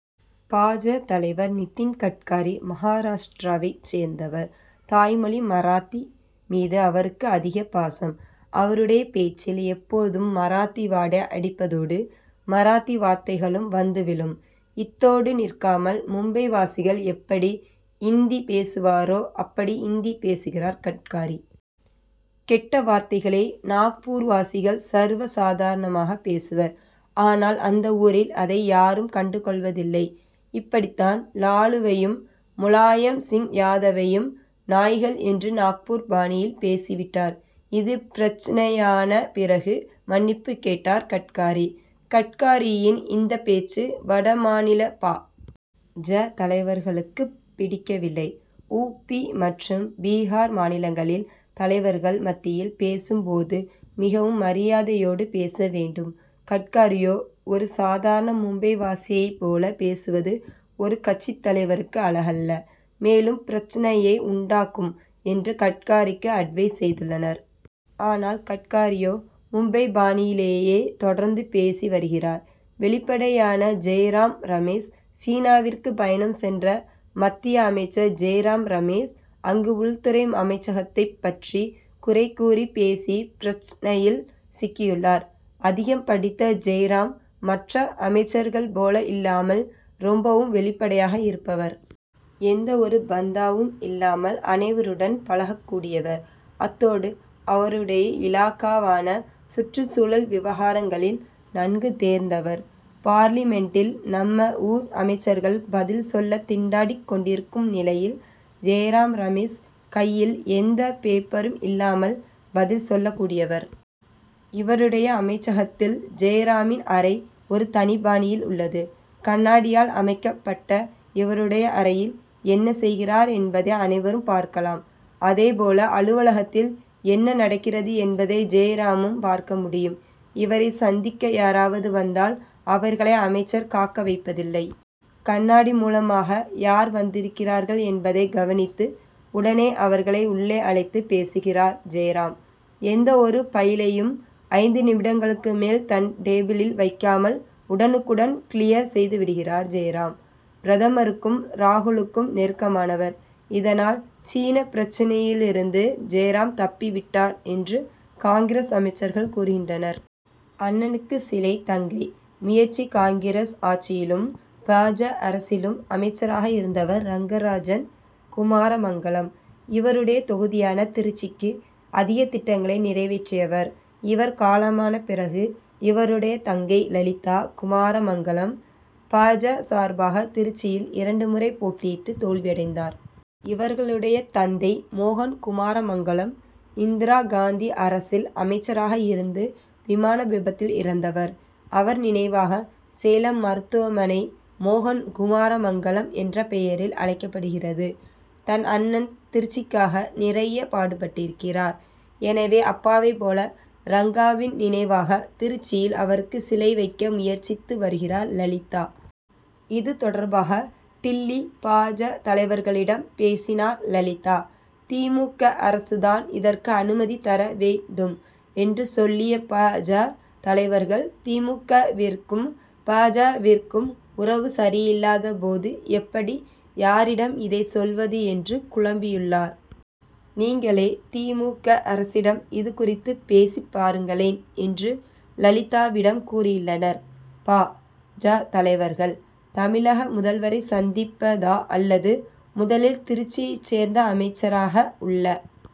பா. ஜ., தலைவர் நிதின் கட்காரி மகாராஷ்டிராவைச் சேர்ந்தவர். தாய்மொழி மராத்தி மீது அவருக்கு அதிக பாசம். அவருடைய பேச்சில் எப்போதும் மராத்தி வாடை அடிப்பதோடு, மராத்தி வார்த்தைகளும் வந்து விழும். இத்தோடு நிற்காமல் மும்பை வாசிகள் எப்படி இந்தி பேசுவரோ அப்படி இந்தி பேசுகிறார் கட்காரி. கெட்ட வார்த்தைகளை நாக்பூர்வாசிகள் சர்வ சாதாரணமாக பேசுவர். ஆனால், அந்த ஊரில் அதை யாரும் கண்டுகொள்வதில்லை. இப்படித்தான் லாலுவையும், முலாயம்சிங் யாதவையும், நாய்கள் என்று நாக்பூர் பாணியில் பேசிவிட்டார். இது பிரச்னையான பிறகு மன்னிப்பு கேட்டார் கட்காரி. கட்காரியின் இந்த பேச்சு, வட மாநில பா. ஜ., தலைவர்களுக்குப் பிடிக்கவில்லை. 'உ. பி., மற்றும் பீகார் மாநிலங்களில் தலைவர்கள் மத்தியில் பேசும் போது மிகவும் மரியாதையோடு பேச வேண்டும். கட்காரியோ ஒரு சாதாரண மும்பைவாசியைப் போல பேசுவது ஒரு கட்சித் தலைவருக்கு அழகல்ல. மேலும், பிரச்னையை உண்டாக்கும்' என்று கட்காரிக்கு அட்வைஸ் செய்துள்ளனர். ஆனால், கட்காரியோ மும்பை பாணியிலேயே தொடர்ந்து பேசி வருகிறார். வெளிப்படையான ஜெய்ராம் ரமேஷ் சீனாவிற்கு பயணம் சென்ற மத்திய அமைச்சர் ஜெய்ராம் ரமேஷ், அங்கு உள்துறை அமைச்சகத்தைப் பற்றி குறை கூறி பேசி பிரச்னையில் சிக்கியுள்ளார். அதிகம் படித்த ஜெய்ராம், மற்ற அமைச்சர்கள் போல இல்லாமல், ரொம்பவும் வெளிப்படையாக இருப்பவர். எந்த ஒரு பந்தாவும் இல்லாமல் அனைவருடன் பழகக் கூடியவர். அத்தோடு அவருடைய இலாகாவான சுற்றுச் சூழல் விவகாரங்களில் நன்கு தேர்ந்தவர். பார்லிமென்டில் நம்ம ஊர் அமைச்சர்கள் பதில் சொல்ல திண்டாடிக் கொண்டிருக்கும் நிலையில், ஜெய்ராம் ரமேஷ் கையில் எந்த பேப்பரும் இல்லாமல் பதில் சொல்லக் கூடியவர். இவருடைய அமைச்சகத்தில் ஜெய்ராமின் அறை ஒரு தனி பாணியில் உள்ளது. கண்ணாடியால் அமைக்கப் பட்ட இவருடைய அறையில் என்ன செய்கிறார் என்பதை அனைவரும் பார்க்கலாம். அதே போல அலுவலகத்தில் என்ன நடக்கிறது என்பதை ஜெய்ராமும் பார்க்க முடியும். இவரை சந்திக்க யாராவது வந்தால், அவர்களை அமைச்சர் காக்க வைப்பதில்லை. கண்ணாடி மூலமாக யார் வந்திருக்கிறார்கள் என்பதை கவனித்து, உடனே அவர்களை உள்ளே அழைத்து, பேசுகிறார் ஜெய்ராம். எந்த ஒரு பைலையும், ஐந்து நிமிடங்களுக்கு மேல் தன் டேபிளில் வைக்காமல் உடனுக்குடன், 'க்ளியர்' செய்துவிடுகிறார் ஜெய்ராம். பிரதமருக்கும், ராகுலுக்கும் நெருக்கமானவர். இதனால், சீனா பிரச்னையிலிருந்து ஜெய்ராம் தப்பிவிட்டார் என்று காங்கிரஸ் அமைச்சர்கள் கூறுகின்றனர். அண்ணனுக்கு சிலை தங்கை முயற்சி காங்கிரஸ் ஆட்சியிலும், பா. ஜ., அரசிலும் அமைச்சராக இருந்தவர் ரங்கராஜன் குமாரமங்கலம். இவருடைய தொகுதியான திருச்சிக்கு, அதிக திட்டங்களை நிறைவேற்றியவர், இவர் காலமான பிறகு இவருடைய தங்கை லலிதா குமாரமங்கலம், பா. ஜ., சார்பாக திருச்சியில் இரண்டு முறை போட்டியிட்டு தோல்வியடைந்தார். இவர்களுடைய தந்தை மோகன் குமாரமங்கலம், இந்திரா காந்தி அரசில் அமைச்சராக இருந்து, விமான விபத்தில் இறந்தவர். அவர் நினைவாக சேலம் மருத்துவமனை மோகன் குமாரமங்கலம் என்ற பெயரில் அழைக்கப்படுகிறது. தன் அண்ணன் திருச்சிக்காக நிறைய பாடுபட்டிருக்கிறார். எனவே, அப்பாவைப் போல ரங்காவின் நினைவாக திருச்சியில் அவருக்கு சிலை வைக்க முயற்சித்து வருகிறார் லலிதா. இது தொடர்பாக, டில்லி பா. ஜ., தலைவர்களிடம் பேசினார் லலிதா. தி. மு. க., அரசுதான் இதற்கு அனுமதி தர வேண் டும் என்று சொல்லிய பா. ஜ., தலைவர்கள், தி. மு. க.,விற்கும் பா. ஜ.,விற்கும் உறவு சரியில்லாத போது எப்படி, யாரிடம் இதைச் சொல்வது என்று குழம்பியுள்ளார். நீங்களே தி. மு. க., அரசிடம் இதுகுறித்து பேசிப் பாருங்களேன் என்று லலிதாவிடம் கூறியுள்ளனர் பா. ஜ., தலைவர்கள். தமிழக முதல்வரை சந்திப் பதா அல்லது முதலில் திருச்சியை சேர்ந்த அமைச்சராக உள்ள